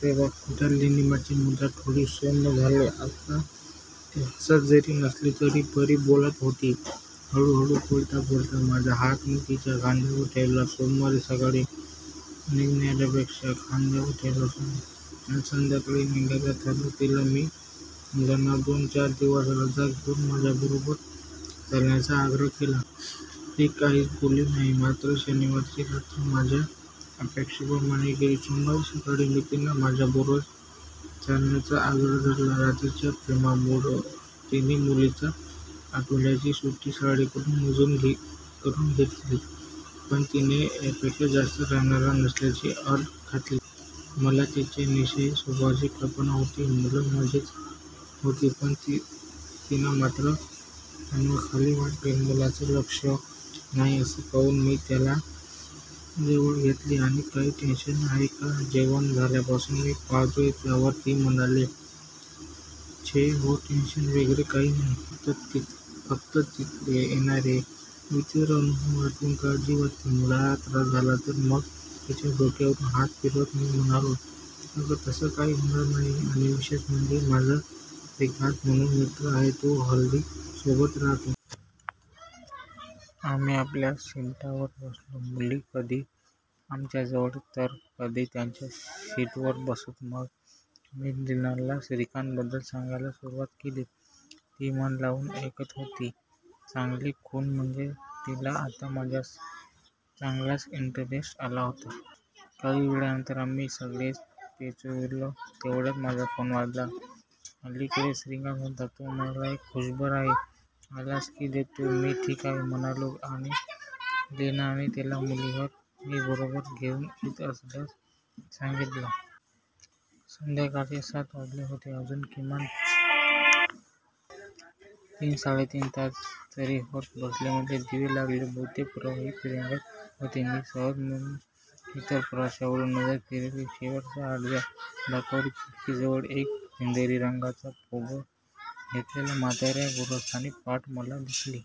तेव्हा कुठे लीनाची मुद्रा थोडी सौम्य झाली.आता ती हसत जरी नसली तरी बरी बोलत होती. हळूहळू बोलता बोलता माझा हात मी तिच्या खांद्यावर ठेवला. सोमवारी सकाळी निघण्यापेक्षा मी संध्याकाळी निघण्याचं ठरवलं. तिला मी मुलांना दोन चार दिवस रजा घेऊन माझ्याबरोबर चालण्याचा आग्रह केला. ती काहीच बोलली नाही. मात्र शनिवारची रात्र मात्र माझ्या अपेक्षेप्रमाणे गेली. सोमवारी सकाळी मी पुन्हा माझ्याबरोबर चलण्याचा आग्रह धरला. रात्रीच्या प्रेमालापामुळे तिने मुलांची आठवड्यांची सुट्टी शाळेकडून मंजूर करुन घेतली. पण तिने यापेक्षा जास्त राहणार नसल्याची अट घातली. मला तिच्या निश्चयी स्वभावाची कल्पना होती. मुलं मजेत होती पण लीना मात्र तणावाखाली वाटली. मुलांचं लक्ष नाही असं पाहून मी तिला जवळ घेतली आणि," काही टेन्शन आहे का? जेवण झाल्यापासून मी पाहतोय. " त्यावर ती म्हणाली," छे हो टेन्शन वगैरे काही नाही. फक्त तिथले येणारे विचित्र अनुभव आठवून काळजी वाटते. मुलांना त्रास झाला तर? मग तिच्या डोक्यावरून हात फिरवत मी म्हणालो, "अगं तसं काही होणार नाही. आणि विशेष म्हणजे माझा श्रीकांत म्हणून मित्र आहे, तो हल्ली सोबत राहतो. आम्ही आपल्या सिटांवर बसलो. मुलं कधी आमच्याजवळ तर कधी त्यांच्या सीटवर बसत. मग मी लीनाला श्रीकांत बद्दल सांगायला सुरुवात केली. ती मन लावून ऐकत होती. चांगली खूण म्हणजे तिला आता माझ्यात चांगलाच इंटरेस्ट आला होता. काही वेळानंतर आम्ही सगळेच पेंचळलो. तेवढ्यात माझा फोन वाजला. पलीकडे श्रीकांत होता. तो म्हणाला," एक खुशखबर आहे. आलास की देतो. " मी ठीक आहे म्हणालो आणि लीना आणि मुलांना ही बरोबर घेऊन येत असल्याचं सांगितलं. संध्याकाळचे सात वाजले होते. अजून किमान तीन साडेतीन तास तरी होते. बसमधले दिवे लागले. बहुतेक प्रवासी पेंगत होते. मी सहज म्हणून इतर प्रवाशांवरुन नजर फिरवली. शेवटच्या आडव्या बाकावर खिडकीजवळ एक शेंदेरी रंगाचं पागोटं घातलेल्या म्हाताऱ्या गृहस्थांची पाठ मला दिसली.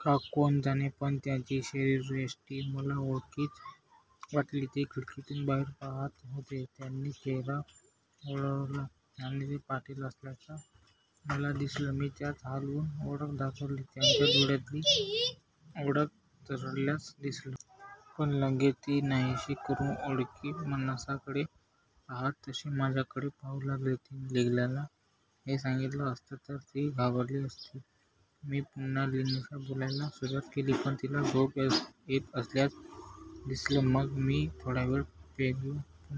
का कोण जाणे पण त्यांची शरीरयष्टी मला ओळखीची वाटली. ते खिडकीतून बाहेर पाहात होते. त्यांनी चेहरा वळवला आणि ते पाटील असल्याचं मला दिसलं. मी त्या हात हालवून ओळख दाखवली. त्यांच्या डोळ्यातही ओळख तरसल्याचं दिसलं. पण लगेच ती नाहीशी करून ओळखी माणसाकडे पाहतात तसे ते माझ्याकडे पाहू लागले. लीनाला हे सांगितलं असतं तर ती घाबरली असती. मी पुन्हा लीनाशी बोलायला सुरुवात केली. पण तिला झोप येत असल्याचं दिसलं. मग मीही थोडावेळ पेंगलो. पुन्हा